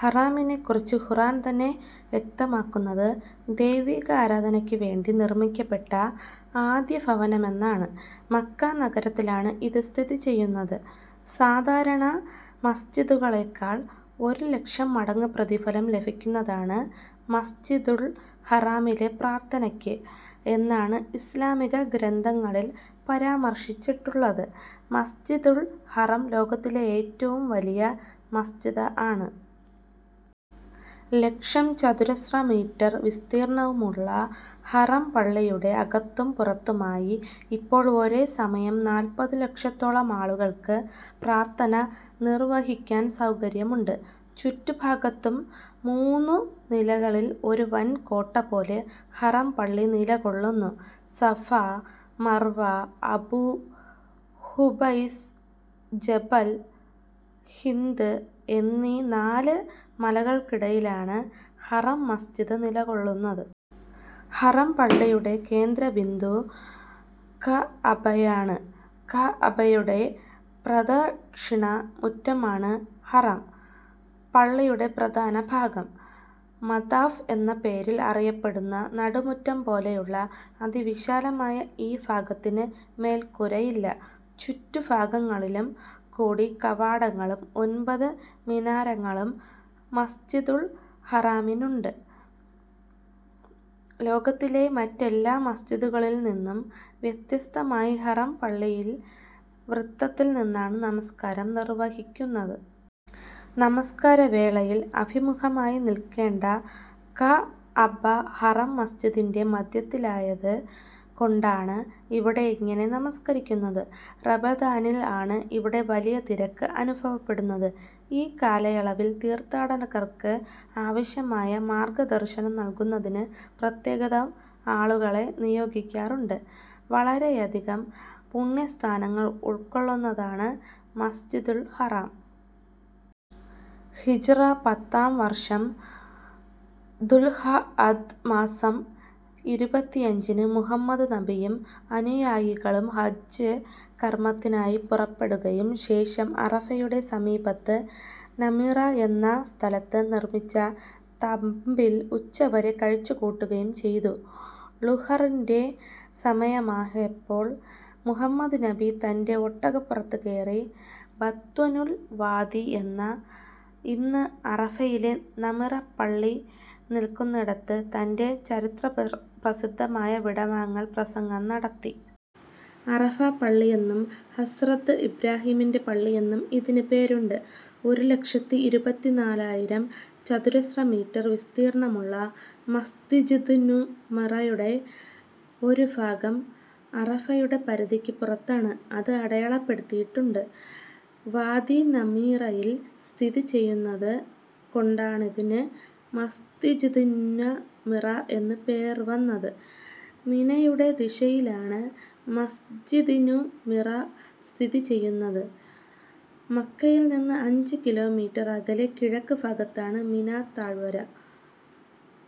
ഹറാമിനെ കുറിച്ച് ഖുർആൻ തന്നെ വ്യക്തമാക്കുന്നത് ദൈവികാരാധനക്ക് വേണ്ടി നിർമ്മിക്കപ്പെട്ട ആദ്യഭവനമെന്നാണ്. മക്ക നഗരത്തിലാണ് ഇത് സ്ഥിതി ചെയ്യുന്നത്. സാധാരണ മസ്ജിദുകളെക്കാൾ ഒരു ലക്ഷം മടങ്ങ് പ്രതിഫലം ലഭിക്കുന്നതാണ് മസ്ജിദുൽ ഹറാമിലെ പ്രാർത്ഥനക്ക് എന്നാണ് ഇസ്ലാമിക ഗ്രന്ഥങ്ങളിൽ പരാമർശിച്ചിട്ടുള്ളത്. മസ്ജിദുൽ ഹറം ലോകത്തിലെ ഏറ്റവും വലിയ മസ്ജിദ് ആണ്. ലക്ഷം ചതുരശ്ര മീറ്റർ വിസ്തീർണമുള്ള ഹറം പള്ളിയുടെ അകത്തും പുറത്തുമായി ഇപ്പോൾ ഒരേ സമയം നാൽപ്പതു ലക്ഷത്തോളം ആളുകൾക്ക് പ്രാർത്ഥന നിർവഹിക്കാൻ സൌകര്യമുണ്ട്. ചുറ്റു ഭാഗത്തും മൂന്നു നിലകളിൽ ഒരു വൻ കോട്ട പോലെ ഹറം പള്ളി നില കൊള്ളുന്നു. സഫാ, മർവാ, അബൂ ഖുബൈസ്, ജബൽ ഹിന്ദ് എന്നീ നാല് മലകൾക്കിടയിലാണ് ഹറം മസ്ജിദ് നില കൊള്ളുന്നത്. ഹറം പള്ളിയുടെ കേന്ദ്ര ബിന്ദു കഅബയാണ്. കഅബയുടെ പ്രദക്ഷിണ മുറ്റമാണ് ഹറം പള്ളിയുടെ പ്രധാന ഭാഗം. മതാഫ് എന്ന പേരിൽ അറിയപ്പെടുന്ന നടുമുറ്റം പോലെയുള്ള അതിവിശാലമായ ഈ ഭാഗത്തിന് മേൽക്കൂരയില്ല. ചുറ്റു ഭാഗങ്ങളിലും കൂടി കവാടങ്ങളും ഒൻപതു മിനാരങ്ങളും മസ്ജിദുൽ ഹറാമിനുണ്ട്. ലോകത്തിലേ മറ്റെല്ലാ മസ്ജിദുകളിൽ നിന്നും വ്യത്യസ്തമായി ഹറം പള്ളിയിൽ വൃത്തത്തിൽ നിന്നാണ് നമസ്കാരം നിർവഹിക്കുന്നത്. നമസ്കാര വേളയിൽ അഭിമുഖമായി നിൽക്കേണ്ട കഅബ ഹറം മസ്ജിദിന്റെ മധ്യത്തിലായത് കൊണ്ടാണ് ഇവിടെ ഇങ്ങനെ നമസ്കരിക്കുന്നത്. റമദാനിൽ ആണ് ഇവിടെ വലിയ തിരക്ക് അനുഭവപ്പെടുന്നത്. ഈ കാലയളവിൽ തീർത്ഥാടകർക്ക് ആവശ്യമായ മാർഗ ദർശനം നൽകുന്നതിന് പ്രത്യേകത ആളുകളെ നിയോഗിക്കാറുണ്ട്. വളരെയധികം പുണ്യസ്ഥാനങ്ങൾ ഉൾക്കൊള്ളുന്നതാണ് മസ്ജിദുൽ ഹറം. ഹിജ്റ പത്താം വർഷം ദുൽഹഅദ് മാസം ഇരുപത്തിയഞ്ചിന് മുഹമ്മദ് നബിയും അനുയായികളും ഹജ്ജ് കർമ്മത്തിനായി പുറപ്പെടുകയും ശേഷം അറഫയുടെ സമീപത്ത് നമിറ എന്ന സ്ഥലത്ത് നിർമ്മിച്ച തമ്പിൽ ഉച്ചവരെ കഴിച്ചു കൂട്ടുകയും ചെയ്തു. ളുഹറിൻറെ സമയമായപ്പോൾ മുഹമ്മദ് നബി തൻറെ ഒട്ടകപുറത്ത് കയറി ബത്വനുൽ വാദി എന്ന ഇന്ന് അറഫയിലെ നമിറ പള്ളി നിൽക്കുന്നിടത്ത് തൻറെ ചരിത്രപ്ര പ്രസിദ്ധമായ വിടവാങ്ങൽ പ്രസംഗം നടത്തി. അറഫാ പള്ളിയെന്നും ഹസ്രത്ത് ഇബ്റാഹീമിന്റെ പള്ളിയെന്നും ഇതിനു പേരുണ്ട്. ഒരു ലക്ഷത്തി ഇരുപത്തിനാലായിരം ചതുരശ്രമീറ്റർ വിസ്തീർണമുള്ള മസ്ജിദുന്നുമറയുടെ ഒരു ഭാഗം അറഫയുടെ പരിധിക്ക് പുറത്താണ്. അത് അടയാളപ്പെടുത്തിയിട്ടുണ്ട്. വാദീ ന മീറയിൽസ്ഥിതിചെയ്യുന്നത് കൊണ്ടാണിതിന് മസ് ജിദുന്നമിറ എന്ന് പേർവന്നത്. മിനയുടെ ദിശയിലാണ് മസ് ജിദുന്നമിറ സ്ഥിതിചെയ്യുന്നത്. മക്കയിൽ നിന്ന് അഞ്ച് കിലോമീറ്റർ അകലെ കിഴക്ക് ഭാഗത്താണ് മിനാ താഴ്‌വര.